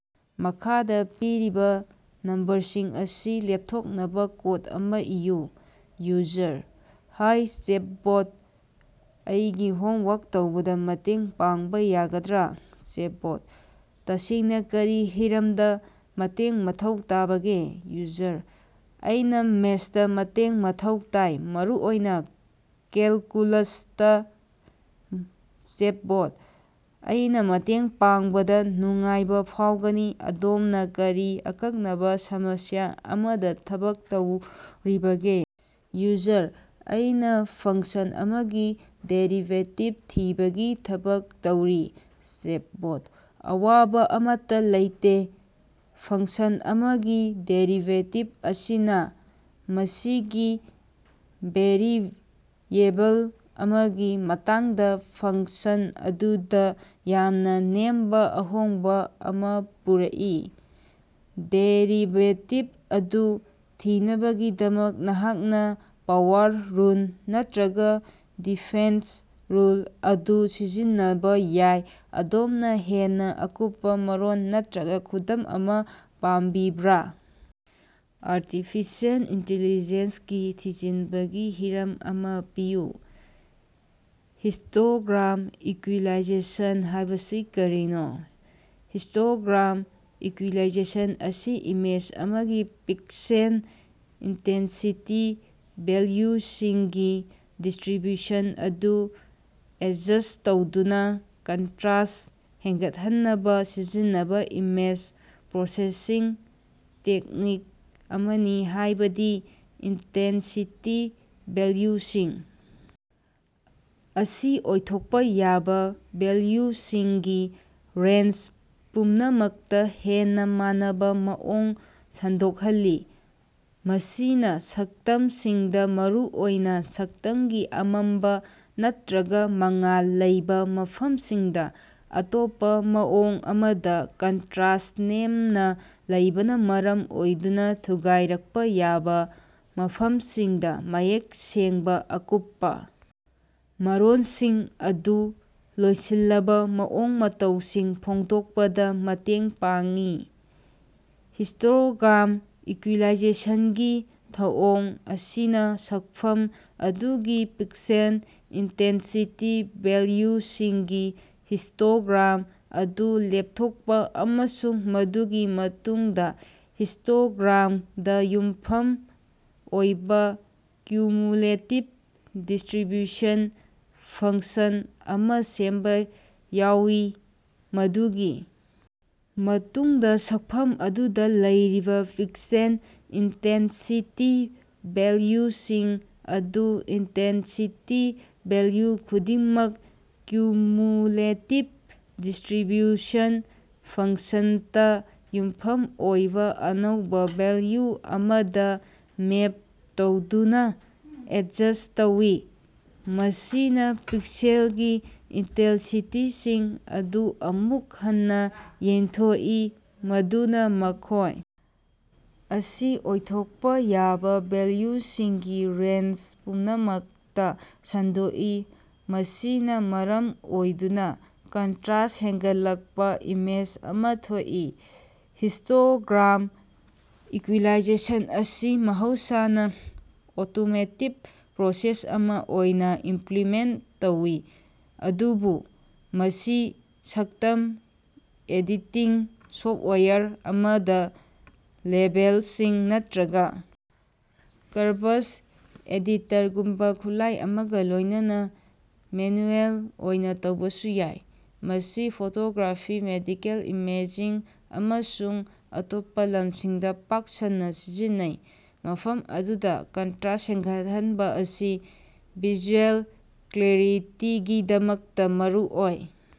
ꯃꯈꯥꯗ ꯄꯤꯔꯤꯕ ꯅꯝꯕꯔꯁꯤꯡ ꯑꯁꯤ ꯂꯦꯞꯊꯣꯛꯅꯕ ꯀꯣꯗ ꯑꯃ ꯏꯌꯨ꯫ ꯌꯨꯖꯔ: ꯍꯥꯢ ꯆꯦꯇꯕꯣꯠ ꯑꯩꯒꯤ ꯍꯣꯝ ꯋꯥꯔꯛ ꯇꯧꯕꯗ ꯃꯇꯦꯡ ꯄꯥꯡꯕ ꯌꯥꯒꯗ꯭ꯔꯥ? ꯆꯦꯇꯕꯣꯠ: ꯇꯁꯦꯡꯅ ꯀꯔꯤ ꯍꯤꯔꯝꯗ ꯃꯇꯦꯡ ꯃꯊꯧ ꯇꯥꯔꯤꯕꯒꯦ? ꯌꯨꯖꯔ: ꯑꯩꯅꯥ ꯃꯦꯊꯁꯇꯥ ꯃꯇꯦꯡ ꯃꯊꯧ ꯇꯥꯏ ꯃꯔꯨꯑꯣꯏꯅ ꯀꯦꯜꯀꯨꯂꯁꯇꯥ꯫ ꯆꯦꯇꯕꯣꯠ: ꯑꯩꯅꯥ ꯃꯇꯦꯡ ꯄꯥꯡꯕꯗ ꯅꯨꯡꯉꯥꯏꯕ ꯐꯥꯎꯒꯅꯤ ꯑꯗꯣꯝꯅ ꯀꯔꯤ ꯑꯀꯛꯅꯕ ꯁꯃꯁ꯭ꯌꯥ ꯑꯃꯗ ꯊꯕꯛ ꯇꯧꯔꯤꯕꯒꯦ? ꯌꯨꯖꯔ: ꯑꯩꯅꯥ ꯐꯡꯀꯁꯟ ꯑꯃꯒꯤ ꯗꯦꯔꯤꯕꯦꯇꯤꯕ ꯊꯤꯕꯒꯤ ꯊꯕꯛ ꯇꯧꯔꯤ꯫ ꯆꯦꯇꯕꯣꯠ: ꯑꯋꯥꯕ ꯑꯃꯠꯇ ꯂꯩꯇꯦ ꯐꯡꯀꯁꯟ ꯑꯃꯒꯤ ꯗꯦꯔꯤꯕꯦꯇꯤꯕ ꯑꯁꯤꯅ ꯃꯁꯤꯒꯤ ꯚꯦꯔꯤꯑꯦꯕꯜ ꯑꯃꯒꯤ ꯃꯇꯥꯡꯗ ꯐꯡꯀꯁꯟ ꯑꯗꯨꯗ ꯌꯥꯝꯅ ꯅꯦꯝꯕ ꯑꯍꯣꯡꯕ ꯑꯃꯥ ꯄꯨꯔꯛꯏ꯫ ꯗꯦꯔꯤꯕꯦꯇꯤꯕ ꯑꯗꯨ ꯊꯤꯅꯕꯒꯤꯗꯃꯛ ꯅꯍꯥꯛꯅ ꯄꯥꯋꯔ ꯔꯨꯜ ꯅꯠꯇ꯭ꯔꯒ ꯗꯤꯐꯦꯟꯁ ꯔꯨꯜ ꯑꯗꯨ ꯁꯤꯖꯤꯟꯅꯕ ꯌꯥꯏ꯫ ꯑꯗꯣꯝꯅ ꯍꯦꯟꯅ ꯑꯀꯨꯞꯄꯥ ꯃꯔꯣꯜ ꯅꯠꯇ꯭ꯔꯒ ꯈꯨꯗꯝ ꯑꯃ ꯄꯥꯝꯕꯤꯕꯔꯥ? ꯑꯥꯔꯇꯤꯐꯤꯁꯤꯑꯦꯜ ꯏꯟꯇꯤꯂꯤꯖꯦꯟꯁ ꯒꯤ ꯊꯤꯖꯤꯟꯕꯒꯤ ꯍꯤꯔꯝ ꯑꯃ ꯄꯤꯌꯨ꯫ ꯍꯤꯁ꯭ꯇꯣꯒ꯭ꯔꯥꯝ ꯏꯛꯌꯨꯏꯂꯥꯏꯖꯦꯁꯟ ꯍꯥꯌꯕꯁꯤ ꯀꯔꯤꯅꯣ? ꯍꯤꯁ꯭ꯇꯣꯒ꯭ꯔꯥꯝ ꯏꯀꯨꯏꯂꯥꯏꯖꯦꯁꯟ ꯑꯁꯤ ꯏꯃꯦꯖ ꯑꯃꯒꯤ ꯄꯤꯛꯁꯦꯜ ꯏꯟꯇꯦꯟꯁꯤꯇꯤ ꯚꯦꯜꯌꯨꯁꯤꯡꯒꯤ ꯗꯤꯁꯇ꯭ꯔꯤꯕ꯭ꯌꯨꯁꯟ ꯑꯗꯨ ꯑꯦꯗꯖꯁ꯭ꯠ ꯇꯧꯗꯨꯅ ꯀꯟꯇ꯭ꯔꯁ꯭ꯠ ꯍꯦꯟꯒꯠꯍꯟꯅꯕ ꯁꯤꯖꯤꯟꯅꯕ ꯏꯃꯦꯖ ꯄ꯭ꯔꯣꯁꯦꯁꯤꯡ ꯇꯦꯛꯅꯤꯛ ꯑꯃꯅꯤ ꯍꯥꯢꯕꯗꯤ ꯏꯟꯇꯦꯟꯁꯤꯇꯤ ꯚꯦꯜꯌꯨꯁꯤꯡ ꯑꯁꯤ ꯑꯣꯏꯊꯣꯛꯄ ꯌꯥꯕ ꯚꯦꯜꯌꯨꯁꯤꯡꯒꯤ ꯔꯦꯟꯖ ꯄꯨꯝꯅꯃꯛꯇ ꯍꯦꯟꯅ ꯃꯥꯟꯅꯕ ꯃꯑꯣꯡꯗ ꯁꯟꯗꯣꯛꯍꯜꯂꯤ꯫ ꯃꯁꯤꯅ ꯁꯛꯇꯝꯁꯤꯡꯗ ꯃꯔꯨꯑꯣꯏꯅ ꯁꯛꯇꯝꯒꯤ ꯑꯃꯝꯕ ꯅꯠꯇ꯭ꯔꯒ ꯃꯉꯥꯜ ꯂꯩꯕꯥ ꯃꯐꯝꯁꯤꯡꯗꯥ ꯑꯇꯣꯞꯄ ꯃꯑꯣꯡ ꯑꯃꯗ ꯀꯟꯇꯔꯁ꯭ꯠ ꯅꯦꯝꯅ ꯂꯩꯕꯅ ꯃꯔꯝ ꯑꯣꯏꯗꯨꯅ ꯊꯨꯒꯥꯏꯔꯛꯄ ꯌꯥꯕ ꯃꯐꯝꯁꯤꯡꯗ ꯃꯌꯦꯛ ꯁꯦꯡꯕ ꯑꯀꯨꯞꯄ ꯃꯔꯣꯜꯁꯤꯡ ꯑꯃꯁꯨꯡ ꯂꯣꯠꯁꯤꯜꯂꯕ ꯃꯑꯣꯡ ꯃꯇꯧꯁꯤꯡ ꯐꯣꯡꯗꯣꯛꯄꯗ ꯃꯇꯦꯡ ꯄꯥꯡꯏ꯫ ꯍꯤꯁ꯭ꯇꯣꯒ꯭ꯔꯥꯝ ꯏꯀꯨꯏꯂꯥꯏꯖꯦꯁꯟꯒꯤ ꯊꯧꯑꯣꯡ ꯑꯁꯤꯅ ꯁꯛꯐꯝ ꯑꯗꯨꯒꯤ ꯄꯤꯛꯁꯦꯜ ꯏꯟꯇꯦꯟꯁꯤꯇꯤ ꯚꯦꯜꯌꯨꯁꯤꯡꯒꯤ ꯍꯤꯁ꯭ꯇꯣꯒ꯭ꯔꯥꯝ ꯑꯗꯨ ꯂꯦꯞꯊꯣꯛꯄ ꯑꯃꯁꯨꯡ ꯃꯗꯨꯒꯤ ꯃꯇꯨꯡꯗ ꯍꯤꯁ꯭ꯇꯣꯒ꯭ꯔꯥꯝꯗ ꯌꯨꯝꯐꯝ ꯑꯣꯏꯕ ꯀ꯭ꯌꯨꯃꯨꯂꯦꯇꯤꯕ ꯗꯤꯁꯇ꯭ꯔꯤꯕ꯭ꯌꯨꯁꯟ ꯐꯡꯀꯁꯟ ꯑꯃ ꯁꯦꯝꯕ ꯌꯥꯎꯏ꯫ ꯃꯗꯨꯒꯤ ꯃꯇꯨꯡꯗ ꯁꯛꯐꯝ ꯑꯗꯨꯗ ꯂꯩꯔꯤꯕ ꯄꯤꯛꯁꯦꯜ ꯏꯟꯇꯦꯟꯁꯤꯇꯤ ꯚꯦꯜꯌꯨꯁꯤꯡ ꯑꯗꯨ ꯏꯟꯇꯦꯟꯁꯤꯇꯤ ꯚꯦꯜꯌꯨ ꯈꯨꯗꯤꯡꯃꯛ ꯀ꯭ꯌꯨꯃꯨꯂꯦꯇꯤꯕ ꯗꯤꯁꯇ꯭ꯔꯤꯕ꯭ꯌꯨꯁꯟ ꯐꯡꯀꯁꯟ ꯇꯥ ꯌꯨꯝꯐꯝ ꯑꯣꯏꯕ ꯑꯅꯧꯕ ꯚꯦꯜꯌꯨ ꯑꯃꯗ ꯃꯦꯞ ꯇꯧꯗꯨꯅꯥ ꯑꯦꯗꯖꯁ꯭ꯠ ꯇꯧꯏ꯫ ꯃꯁꯤꯅ ꯄꯤꯛꯁꯦꯜꯒꯤ ꯏꯟꯇꯦꯟꯁꯤꯇꯤꯁꯤꯡ ꯑꯗꯨ ꯑꯃꯨꯛ ꯍꯟꯅ ꯌꯦꯟꯊꯣꯛꯏ ꯃꯗꯨꯅ ꯃꯈꯣꯢ ꯑꯁꯤ ꯑꯣꯏꯊꯣꯛꯄ ꯌꯥꯕ ꯚꯦꯜꯌꯨꯁꯤꯡꯒꯤ ꯔꯦꯟꯖ ꯄꯨꯝꯅꯃꯛꯇ ꯁꯟꯗꯣꯛꯏ, ꯃꯁꯤꯅ ꯃꯔꯝ ꯑꯣꯏꯗꯨꯅ ꯀꯟꯇꯔꯁ꯭ꯠ ꯍꯦꯟꯒꯠꯂꯛꯄ ꯏꯃꯦꯖ ꯑꯃ ꯊꯣꯛꯏ꯫ ꯍꯤꯁ꯭ꯇꯣꯒ꯭ꯔꯥꯝ ꯏꯀꯨꯏꯂꯥꯏꯖꯦꯁꯟ ꯑꯁꯤ ꯃꯍꯧꯁꯥꯅ ꯑꯣꯇꯣꯃꯦꯇꯦꯗ ꯄ꯭ꯔꯣꯁꯦꯁ ꯑꯃ ꯑꯣꯏꯅ ꯏꯃꯄ꯭ꯂꯤꯃꯦꯟꯇ ꯇꯧꯏ ꯑꯗꯨꯕꯨ ꯃꯁꯤ ꯁꯛꯇꯝ ꯑꯦꯗꯤꯇꯤꯡ ꯁꯣꯐꯇꯋꯥꯌꯔ ꯑꯃꯗ ꯂꯦꯚꯦꯜꯁꯤꯡ ꯅꯠꯇ꯭ꯔꯒ ꯀꯔꯚꯁ ꯑꯦꯗꯤꯇꯔꯒꯨꯝꯕ ꯈꯨꯠꯂꯥꯢ ꯑꯃꯒ ꯂꯣꯢꯅꯅꯥ ꯃꯦꯅꯨꯑꯦꯜ ꯑꯣꯏꯅ ꯇꯧꯕꯁꯨ ꯌꯥꯏ꯫ ꯃꯁꯤ ꯐꯣꯇꯣꯒ꯭ꯔꯥꯐꯤ ꯃꯦꯗꯤꯀꯦꯜ ꯏꯃꯦꯖꯤꯡ ꯑꯃꯁꯨꯡ ꯑꯇꯣꯞꯄ ꯂꯝꯁꯤꯡꯗ ꯄꯥꯛ ꯁꯟꯅ ꯁꯤꯖꯤꯟꯅꯩ ꯃꯐꯝ ꯑꯗꯨꯗ ꯀꯟꯇ꯭ꯔꯥꯁ ꯍꯦꯟꯒꯠꯍꯟꯕ ꯑꯁꯤ ꯚꯤꯖꯨꯑꯦꯜ ꯀ꯭ꯂꯦꯔꯤꯇꯤꯒꯤꯗꯃꯛꯇ ꯃꯔꯨ ꯑꯣꯏ꯫